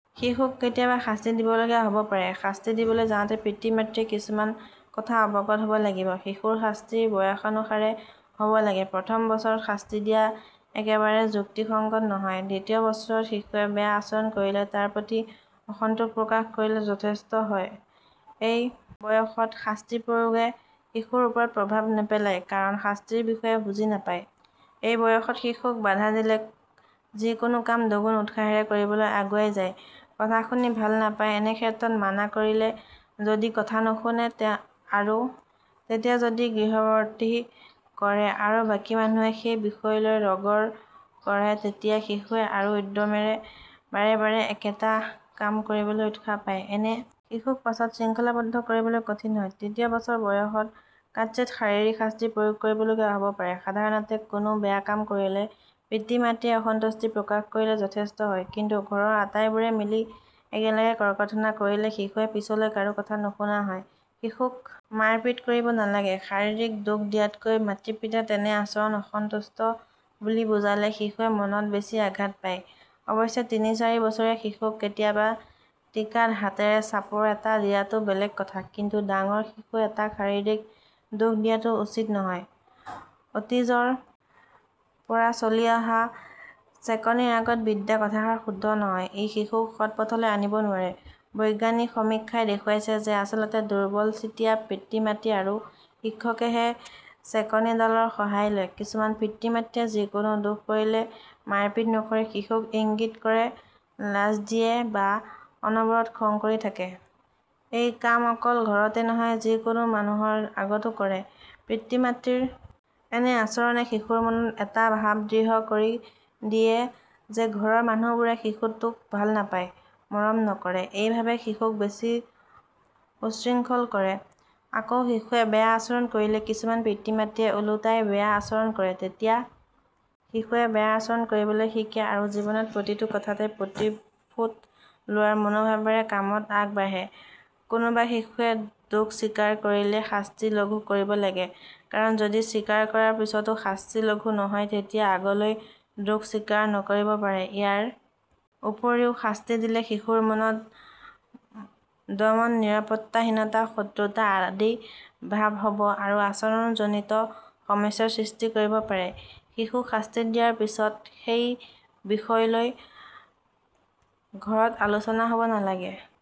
শিশুক কেতিয়াবা শাস্তি দিবলগীয়া হ'ব পাৰে। শাস্তি দিবলৈ যাওঁতে পিতৃ-মাতৃয়ে কিছুমান কথা অৱগত হ'ব লাগিব। শিশুৰ শাস্তি বয়সানুসাৰে হ'ব লাগে। প্ৰথম বছৰত শাস্তি দিয়া একেবাৰে যুক্তিসঙ্গত নহয়, দ্বিতীয় বছৰত শিশুৱে বেয়া আচৰণ কৰিলে তাৰ প্ৰতি অসন্তোষ প্ৰকাশ কৰিলে যথেষ্ট হয়। এই বয়সত শাস্তি প্ৰয়োগে শিশুৰ ওপৰত প্ৰভাৱ নেপেলায়, কাৰণ শাস্তিৰ বিষয়ে বুজি নাপায়। এই বয়সত শিশুক বাধা দিলে যিকোনো কাম দুগুণ উৎসাহেৰে কৰিবলৈ আগুৱাই যায়। কথা শুনি ভাল নাপায়, এনেক্ষেত্ৰত মানা কৰিলে যদি কথা নুশুনে আৰু তেতিয়া যদি গৃহবৰ্তি কৰে আৰু বাকী মানুহে সেই বিষয়লৈ ৰগৰ কৰে তেতিয়া শিশুৱে আৰু উদ্যমেৰে বাৰে-বাৰে একেটা কাম কৰিবলৈ উৎসাহ পায়। এনে শিশুক পাছত শৃঙ্খলাবদ্ধ কৰিবলৈ কঠিন হয়। তৃতীয় বছৰ বয়সত কাৎচিৎ শাৰীৰিক শাস্তি প্ৰয়োগ কৰিবলগীয়া হ'ব পাৰে। সাধাৰণতে কোনো বেয়া কাম কৰিলে পিতৃ-মাতৃয়ে অসন্তুষ্টি প্ৰকাশ কৰিলে যথেষ্ট হয়। কিন্তু ঘৰৰ আটাইবোৰে মিলি একেলগে ককৰ্থনা কৰিলে শিশুৱে পিছলৈ কাৰো কথা নুশুনা হয়। শিশুক মাৰপিট কৰিব নালাগে। শাৰীৰিক দুখ দিয়াতকৈ পিতৃ-মাতৃয়ে তেনে আচৰণত অসন্তুষ্ট বুলি বুজিলে শিশুৱে মনত বেছি আঘাত পায়। অৱশ্যে তিনি চাৰি বছৰীয়া শিশুক কেতিয়াবা টিকাত হাতেৰে চাপৰ এটা দিয়াটো বেলেগ কথা। কিন্তু ডাঙৰ শিশু এটাক শাৰীৰিক দুখ দিয়াটো উচিত নহয়। অতীজৰ পৰা চলি অহা চেকনিৰ আগত বিদ্যা কথাষাৰ শুদ্ধ নহয়। ই শিশুক সৎ পথলৈ আনিব নোৱাৰে। বৈজ্ঞানিক সমীক্ষাই দেখুৱাইছে যে আচলতে দুৰ্বল চিতীয়া পিতৃ-মাতৃ আৰু শিক্ষকেহে চেকনি ডালৰ সহায় লয়। কিছুমান পিতৃ-মাতৃয়ে যিকোনো দোষ কৰিলে মাৰপিত নকৰি শিশুক ইতিকিং কৰে লাজ দিয়ে বা অনবৰত খং কৰি থাকে, এই কাম অকল ঘৰতে নহয় যি কোনো মানুহৰ আগতো কৰে। পিতৃ-মাতৃৰ এনে আচৰণে শিশুৰ মনত এটা ভাৱ দৃহ কৰি দিয়ে যে ঘৰৰ মানুহবোৰে শিশুটোক ভাল নাপায়, মৰম নকৰে ।এই ভাবে শিশুক বেছি উচ্চৃঙ্খল কৰে। আকৌ শিশুৱে বেয়া আচৰণ কৰিলে কিছুমান পিতৃ-মাতৃয়ে ওলোটাই বেয়া আচৰণ কৰে। তেতিয়া শিশুৱে বেয়া আচৰণ কৰিবলৈ শিকে আৰু জীৱনত প্ৰতিটো কথাতে প্ৰতিশোধ লোৱাৰ মনোভাবেৰে কামত আগ বাঢ়ে ।কোনোবা শিশুৱে দোষ স্বীকাৰ কৰিলে শাস্তি লঘু কৰিব লাগে, কাৰণ যদি স্বীকাৰ কৰাৰ পিছতো শাস্তি লঘু নহয় তেতিয়া আগলৈ দোষ স্বীকাৰ নকৰিব পাৰে। ইয়াৰ উপৰিও শাস্তি দিলে শিশুৰ মনত দমন নিৰাপত্তাহীনতা শত্ৰুতা আদি ভাব হ'ব আৰু আচৰণ জনিত সমস্যাৰ সৃষ্টি কৰিব পাৰে। শিশুক শাস্তি দিয়াৰ পিছত সেই বিষয় লৈ ঘৰত আলোচনা হ'ব নালাগে।